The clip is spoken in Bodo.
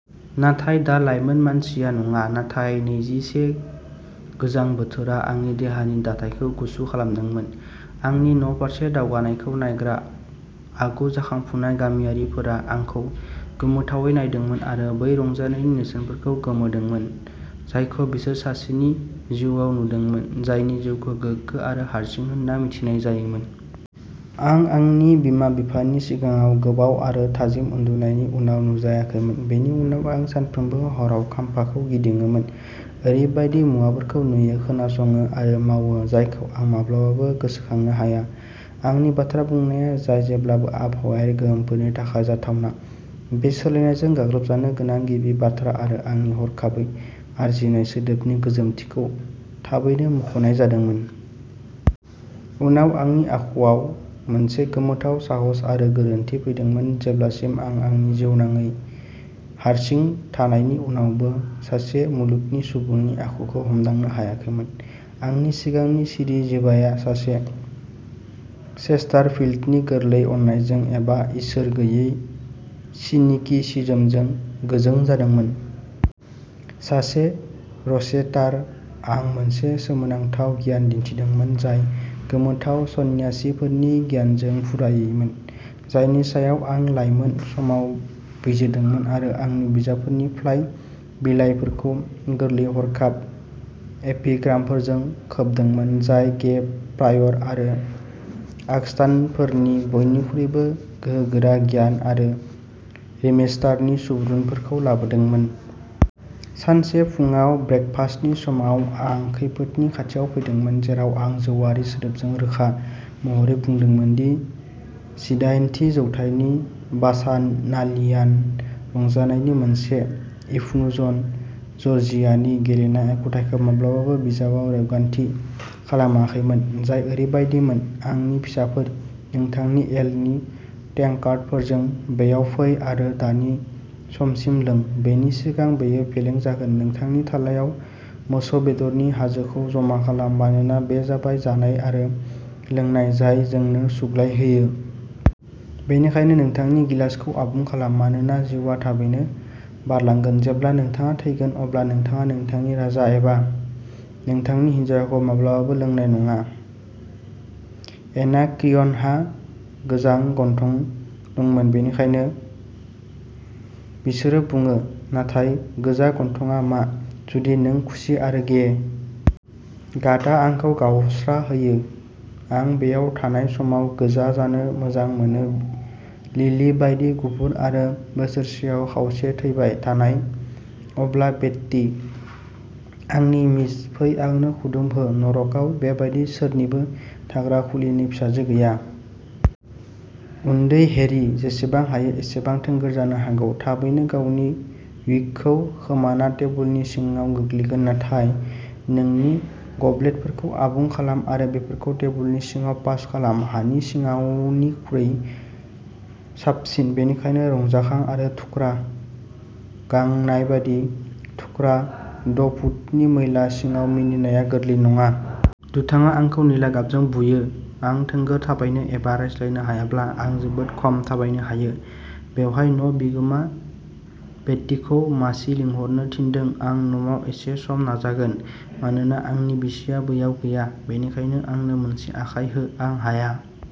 नाथाय दा लाइमोन मानसिया नङा। नाथाय नैजि से गोजां बोथोरा आंनि देहानि दाथायखौ गुसु खालामदोंमोन। आंनि न' फारसे दावगानायखौ नायग्रा आगु जाखांफुनाय गामियारिफोरा आंखौ गोमोथावै नायदोंमोन आरो बै रंजानायनि नेरसोनफोरखौ गोमोदोंमोन, जायखौ बिसोर सासेनि जिउआव नुदोंमोन। जायनि जिउखौ गोगो आरो हारसिं होनना मिथिनाय जायोमोन। आं आंनि बिमा बिफानि सिगाङाव गोबाव आरो थाजिम उन्दुनायनि उनाव नुजायाखैमोन। बेनि उनाव आं सानफ्रोमबो हराव खाम्फाखौ गिदिङोमोन ओरैबायदि मुवाफोरखौ नुयो, खोनासङो आरो मावो, जायखौ आं माब्लाबाबो गोसोखांनो हाया। आंनि बाथ्रा बुंनाया जाय जेब्लाबो आबहावायारि गोहोमफोरनि थाखाय जाथावना। बे सोलायनायजों गाग्लोबजानो गोनां गिबि बाथ्रा आरो आंनि हरखाबै आरजिनाय सोदोबनि गोजोमथिखौ थाबैनो मुंख'नाय जादोंमोन। उनाव आंनि आखुवाव मोनसे गोमोथाव साहस आरो गोरोनथि फैदोंमोन, जेब्लासिम आं आंनि जिउनाङै हारसिं थानायनि उनावबो सासे मुलुगनि सुबुंनि आखुखौ हमदांनो हायाखैमोन। आंनि सिगांनि सिरि जिभाया सासे चेस्टारफील्डनि गोरलै अननायजों एबा इसोर गैयै सिनिकिसिजमजों गोजों जादोंमोन। सासे रचेस्टार। आं मोनसे सोमोनांथाव गियान दिन्थिदोंमोन, जाय गोमोथाव सन्यासिफोरनि गियानजों फुरायैमोन, जायनि सायाव आं लायमोन समाव बिजिरदोंमोन आरो आंनि बिजाबफोरनि फ्लाइ बिलाइफोरखौ गोरलै हरखाब एपिग्रामफोरजों खोबदोंमोन। जाय गे प्रायर आरो आगस्तानफोरनि बयनिख्रुइबो गोहोगोरा गियान आरो रिमेस्टारनि सुबुरुनफोरखौ लाबोदोंमोन। सानसे फुङाव ब्रेकफास्टनि समाव आं खैफोदनि खाथियाव फैदोंमोन, जेराव आं जौआरि सोदोबजों रोखा महरै बुंदोंमोन दि जिदाइनथि जौथाइनि बाचानालियान रंजानायनि मोनसे इफ्यूजन, जर्जियानि गेलेनाय आखुथाइखौ माब्लाबाबो बिजाबाव रेबगान्थि खालामाखैमोन, जाय ओरैबायदिमोन आंनि फिसाफोर, नोंथांनि एलनि टेंकार्डफोरजों बेयाव फै आरो दानि समसिम लों। बेनि सिगां बेयो फेलें जागोन नोंथांनि थालायाव मोसौ बेदरनि हाजोखौ जमा खालाम। मानोना बे जाबाय जानाय आरो लोंनाय जाय जोंनो सुग्लाय होयो। बेनिखायनो नोंथांनि गिलासखौ आबुं खालाम। मानोना जिउआ थाबैनो बारलांगोन, जेब्ला नोंथाङा थैगोन, अब्ला नोंथाङा नोंथांनि राजा एबा नोंथांनि हिन्जावखौ माब्लाबाबो लोंनाय नङा। एनाक्रियनहा गोजा गन्थं दंमोन। बेनिखायनो बिसोरो बुङो, नाथाय गोजा गन्थंआ मा? जुदि नों खुसि आरो गे गादआ आंखौ गावस्राहोयो। आं बेयाव थानाय समाव गोजा जानो मोजां मोनो, लिलि बायदि गुफुर आरो बोसोरसेआव खावसे थैबाय थानाय। अब्ला बेट्टी, आंनि मिस, फै आंनो खुदुमहो नरकआव बेबायदि सोरनिबो थाग्रा खुलिनि फिसाजो गैया। उन्दै हेरी, जेसेबां हायो एसेबां थोंगोर जानो हागौ, थाबैनो गावनि विगखौ खोमाना टेबुलनि सिङाव गोग्लैगोन। नाथाय नोंनि गब्लेटफोरखौ आबुं खालाम आरो बेफोरखौ टेबुलनि सिङाव पास खालाम, हानि सिङावनिख्रुइ साबसिन। बेनिखायनो रंजाखां आरो थुख्रा, गांनायबादि थुख्रा द' फुटनि मैला सिङाव मिनिनाया गोरलै नङा। दुथाङा आंखौ निला गाबजों बुयो। आं थोंगोर थाबायनो एबा रायज्लायनो हायाब्ला आं जोबोद खम थाबायनो हायो। बेवहाय न' बिगोमा बेट्टीखौ मासि लिंहरनो थिनदों आं न'आव एसे सम नाजागोन। मानोना आंनि बिसिया बैयाव गैया। बेनिखायनो आंनो मोनसे आखाय हो, आं हाया।